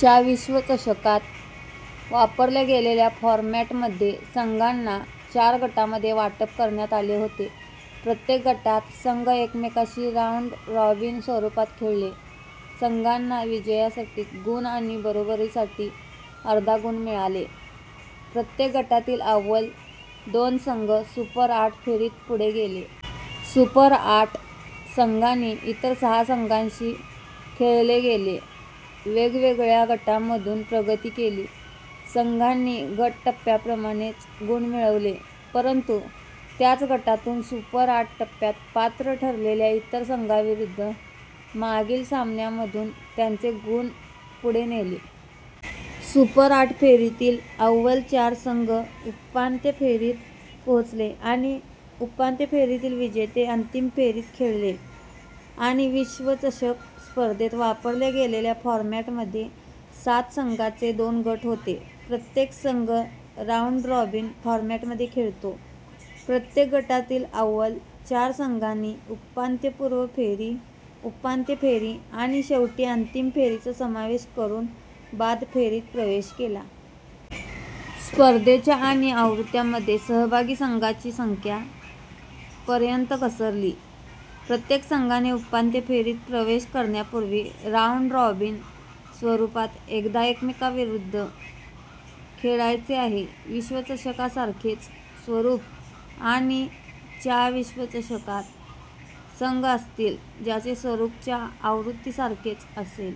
च्या विश्वचषकात वापरल्या गेलेल्या फॉरमॅटमध्ये संघांना चार गटांमध्ये वाटप करण्यात आले होते. प्रत्येक गटात, संघ एकमेकांशी राउंड-रॉबिन स्वरूपात खेळले. संघांना विजयासाठी गुण आणि बरोबरीसाठी अर्धा गुण मिळाले. प्रत्येक गटातील अव्वल दोन संघ सुपर आठ फेरीत पुढे गेले. "सुपर आठ" संघांनी इतर सहा संघांशी खेळले ज्यांनी वेगवेगळ्या गटांमधून प्रगती केली. संघांनी गट टप्प्याप्रमाणेच गुण मिळवले, परंतु त्याच गटातून सुपर आठ टप्प्यात पात्र ठरलेल्या इतर संघांविरुद्ध मागील सामन्यांमधून त्यांचे गुण पुढे नेले. सुपर आठ फेरीतील अव्वल चार संघ उपांत्य फेरीत पोहोचले आणि उपांत्य फेरीतील विजेते अंतिम फेरीत खेळले.। आणि विश्वचषक स्पर्धेत वापरल्या गेलेल्या फॉरमॅटमध्ये सात संघांचे दोन गट होते, प्रत्येक संघ राऊंड-रॉबिन फॉरमॅटमध्ये खेळतो. प्रत्येक गटातील अव्वल चार संघांनी उपांत्यपूर्व फेरी, उपांत्य फेरी आणि शेवटी अंतिम फेरीचा समावेश करून बाद फेरीत प्रवेश केला. स्पर्धेच्या आणि आवृत्त्यांमध्ये, सहभागी संघांची संख्या पर्यंत घसरली. प्रत्येक संघाने उपांत्य फेरीत प्रवेश करण्यापूर्वी राऊंड रॉबिन स्वरूपात एकदा एकमेकांविरुद्ध खेळायचे आहे, विश्वचषकासारखेच स्वरूप. आणि च्या विश्वचषकात संघ असतील, ज्याचे स्वरूप च्या आवृत्तीसारखेच असेल.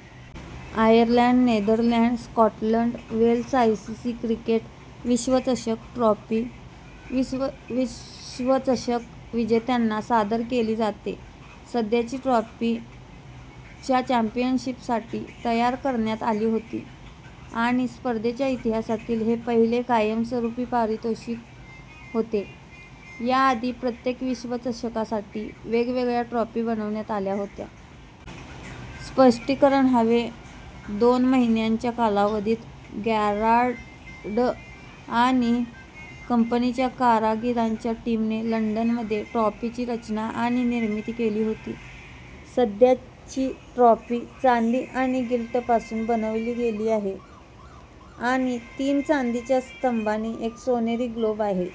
Ireland Netherland Scotland Wales ICC cricket विश्वचषक ट्रॉफी विश्वचषक विजेत्यांना सादर केली जाते. सध्याची ट्रॉफी च्या चॅम्पियनशिपसाठी तयार करण्यात आली होती आणि स्पर्धेच्या इतिहासातील हे पहिले कायमस्वरूपी पारितोषिक होते. याआधी प्रत्येक विश्वचषकासाठी वेगवेगळ्या ट्रॉफी बनवण्यात आल्या होत्या. स्पष्टीकरण हवे दोन महिन्यांच्या कालावधीत गॅरार्ड आणि कंपनीच्या कारागिरांच्या टीमने लंडनमध्ये ट्रॉफीची रचना आणि निर्मिती केली होती. सध्याची ट्रॉफी चांदी आणि गिल्टपासून बनविली गेली आहे आणि तीन चांदीच्या स्तंभांनी एक सोनेरी ग्लोब आहे.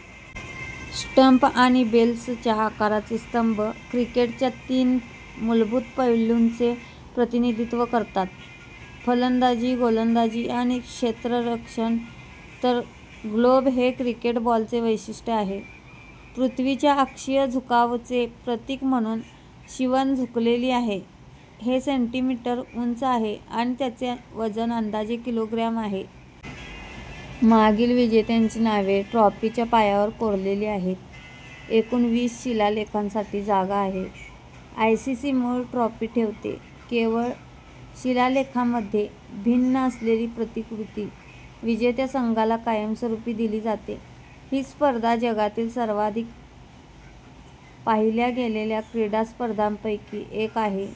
स्टंप आणि बेल्सच्या आकाराचे स्तंभ, क्रिकेटच्या तीन मूलभूत पैलूंचे प्रतिनिधित्व करतात: फलंदाजी, गोलंदाजी आणि क्षेत्ररक्षण, तर ग्लोब हे क्रिकेट बॉलचे वैशिष्ट्य आहे. पृथ्वीच्या अक्षीय झुकावचे प्रतीक म्हणून शिवण झुकलेली आहे. हे सेंटीमीटर उंच आहे आणि त्याचे वजन अंदाजे किलोग्रॅम आहे. मागील विजेत्यांची नावे ट्रॉफीच्या पायावर कोरलेली आहेत, एकूण वीस शिलालेखांसाठी जागा आहे. आयसीसी मूळ ट्रॉफी ठेवते. केवळ शिलालेखांमध्ये भिन्न असलेली प्रतिकृती विजेत्या संघाला कायमस्वरूपी दिली जाते. ही स्पर्धा जगातील सर्वाधिक पाहिल्या गेलेल्या क्रीडा स्पर्धांपैकी एक आहे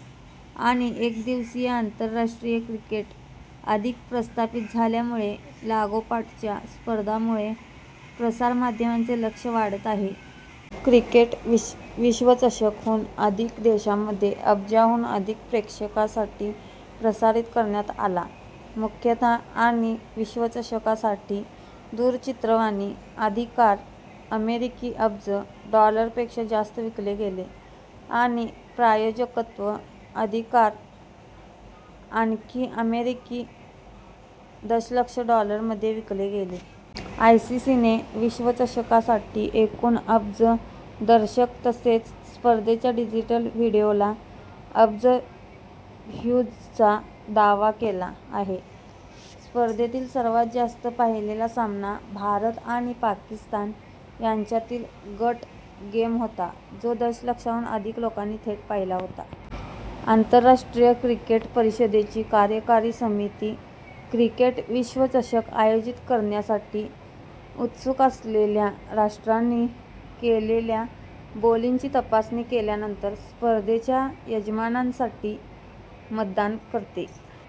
आणि एकदिवसीय आंतरराष्ट्रीय क्रिकेट अधिक प्रस्थापित झाल्यामुळे लागोपाठच्या स्पर्धांमुळे प्रसारमाध्यमांचे लक्ष वाढत आहे. क्रिकेट विश्वचषक हून अधिक देशांमध्ये अब्जाहून अधिक प्रेक्षकांसाठी प्रसारित करण्यात आला. मुख्यतः आणि विश्वचषकासाठी दूरचित्रवाणी अधिकार अमेरिकी अब्ज डॉलर पेक्षा जास्त विकले गेले आणि प्रायोजकत्व अधिकार आणखी अमेरिकी दशलक्ष डॉलर मध्ये विकले गेले. आयसीसी ने विश्वचषकासाठी एकूण अब्ज दर्शक तसेच स्पर्धेच्या डिजिटल व्हिडिओला अब्ज व्ह्यूजचा दावा केला आहे. स्पर्धेतील सर्वात जास्त पाहिलेला सामना भारत आणि पाकिस्तान यांच्यातील गट गेम होता, जो दशलक्षाहून अधिक लोकांनी थेट पाहिला होता. आंतरराष्ट्रीय क्रिकेट परिषदेची कार्यकारी समिती क्रिकेट विश्वचषक आयोजित करण्यासाठी उत्सुक असलेल्या राष्ट्रांनी केलेल्या बोलींची तपासणी केल्यानंतर स्पर्धेच्या यजमानांसाठी मतदान करते.